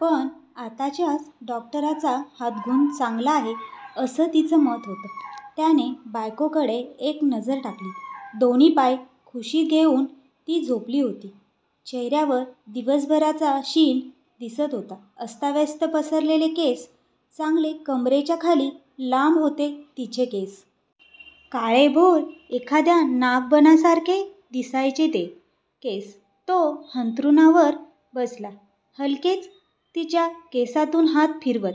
पण आताच्याच डॉक्टरचा हातगुण चांगला आहे असं तिचं मत होतं. त्याने बायकोकडे एक नजर टाकली. दोन्ही पाय कुशीत घेऊन ती झोपली होती. चेहऱ्यावर दिवसभराचा शीण दिसत होता. अस्ताव्यस्त पसरलेले केस. चांगले कमरेच्याखाली लांब होते तिचे केस. काळेभोर एखाद्या नागबनासारखे दिसायचे ते केस. तो अंथरुणावर बसला. हलकेच तिच्या केसांतून हात फिरवत.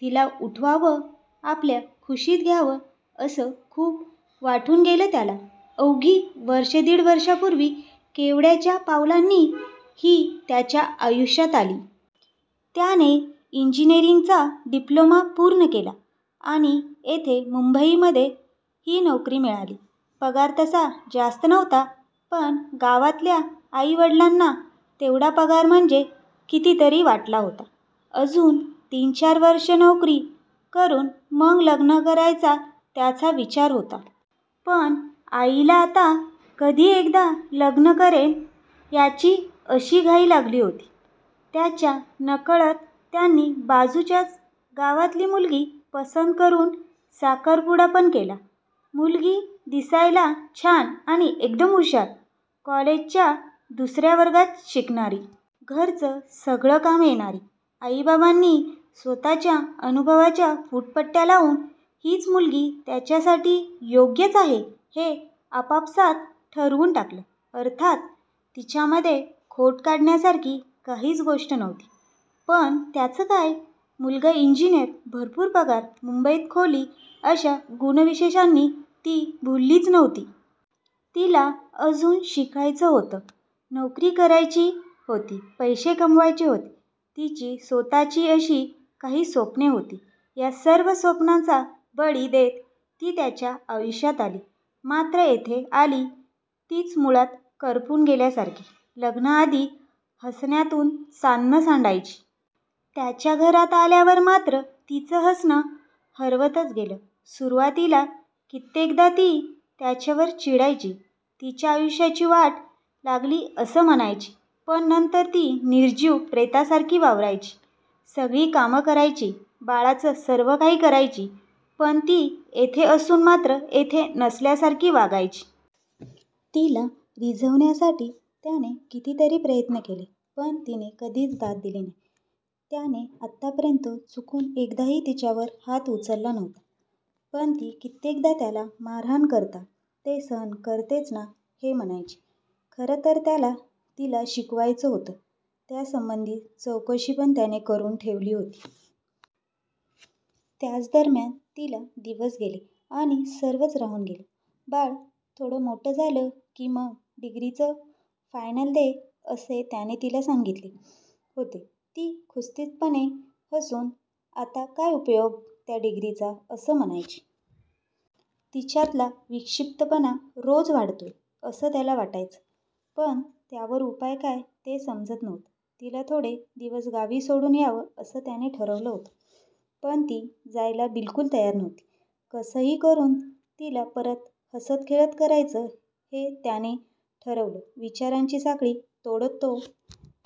तिला उठवावं, आपल्या कुशीत घ्यावं असं खूप वाटून गेलं त्याला. अवघी वर्षं दीड वर्षापूर्वी केवड्याच्या पावलांनी ही त्याच्या आयुष्यात आली. त्याने इंजीनिअरिंगचा डिप्लोमा पूर्ण केला. आणि इथे मुंबईमध्ये ही नोकरी मिळाली. पगार तसा जास्त नव्हता पण गावातल्या आईवडलांना तेवढा पगार म्हणजे कितीतरी वाटला होता. अजून तीन चार वर्षे नोकरी करून मग लग्न करायचा त्याचा विचार होता. पण आईला आता कधी एकदा लग्न करेन याची अशी घाई लागली होती. त्याच्या नकळत त्यांनी बाजूच्याच गावातली मुलगी पसंत करून साखरपुडा पण केला. मुलगी दिसायला छान आणि एकदम हुशार. कॉलेजच्या दुसऱ्या वर्गात शिकणारी. घरचं सगळं काम येणारी. आईबाबांनी स्वतःच्या अनुभवाच्या फूटपट्ट्या लावून हीच मुलगी त्याच्यासाठी योग्यच आहे हे आपापसात ठरवून टाकलं. अर्थात तिच्यामध्ये खोट काढण्यासारखी काहीच गोष्ट नव्हती. पण त्याचं काय? मुलगा इंजीनिअर, भरपूर पगार, मुंबईत खोली अशा गुणविशेषांनी ती भुललीच नव्हती. तिला अजून शिकायचं होतं. नोकरी करायची होती, पैसे कमवायचे होते. तिची स्वतःची अशी काही स्वप्ने होती. या सर्व स्वप्नांचा बळी देत ती त्याच्या आयुष्यात आली. मात्र इथे आली तीच मुळात करपून गेल्यासारखी. लग्नाआधी हसण्यातून चांदणं सांडायची. त्याच्या घरात आल्यावर मात्र तिचं हसणं हरवतच गेलं. सुरुवातीला कित्येकदा ती त्याच्यावर चिडायची, तिच्या आयुष्याची वाट लागली असं म्हणायची. पण नंतर ती निर्जीव प्रेतासारखी वावरायची. सगळी कामं करायची, बाळाचं सर्व काही करायची पण ती इथे असून मात्र इथे नसल्यासारखी वागायची. तिला रिझवण्यासाठी त्याने कितीतरी प्रयत्न केले. पण तिने कधीच दाद दिली नाही. त्याने आतापर्यंत चुकून एकदाही तिच्यावर हात उचलला नव्हता, पण ती कित्येकदा त्याला मारहाण करता ते सहन करतेच ना हे म्हणायची. खरंतर त्याला तिला शिकवायचं होतं, त्यासंबंधी चौकशी पण त्याने करून ठेवली होती. त्याच दरम्यान तिला दिवस गेले आणि सर्वच राहून गेलं. बाळ थोडं मोठं झालं की मग डिग्रीची फायनल दे असे त्याने तिला सांगितले होते. ती कुत्सितपणे हसून आता काय उपयोग त्या डिग्रीचा? असं म्हणायची. तिच्यातला विक्षिप्तपणा रोज वाढतोय असं त्याला वाटायचं. पण त्यावर उपाय काय ते समजत नव्हतं. तिला थोडे दिवस गावी सोडून यावं असं त्याने ठरवलं होतं. पण ती जायला बिल्कुल तयार नव्हती. कसंही करून तिला परत हसतं खेळतं करायचं हे त्याने ठरवलं. विचाराची साखळी तोडत तो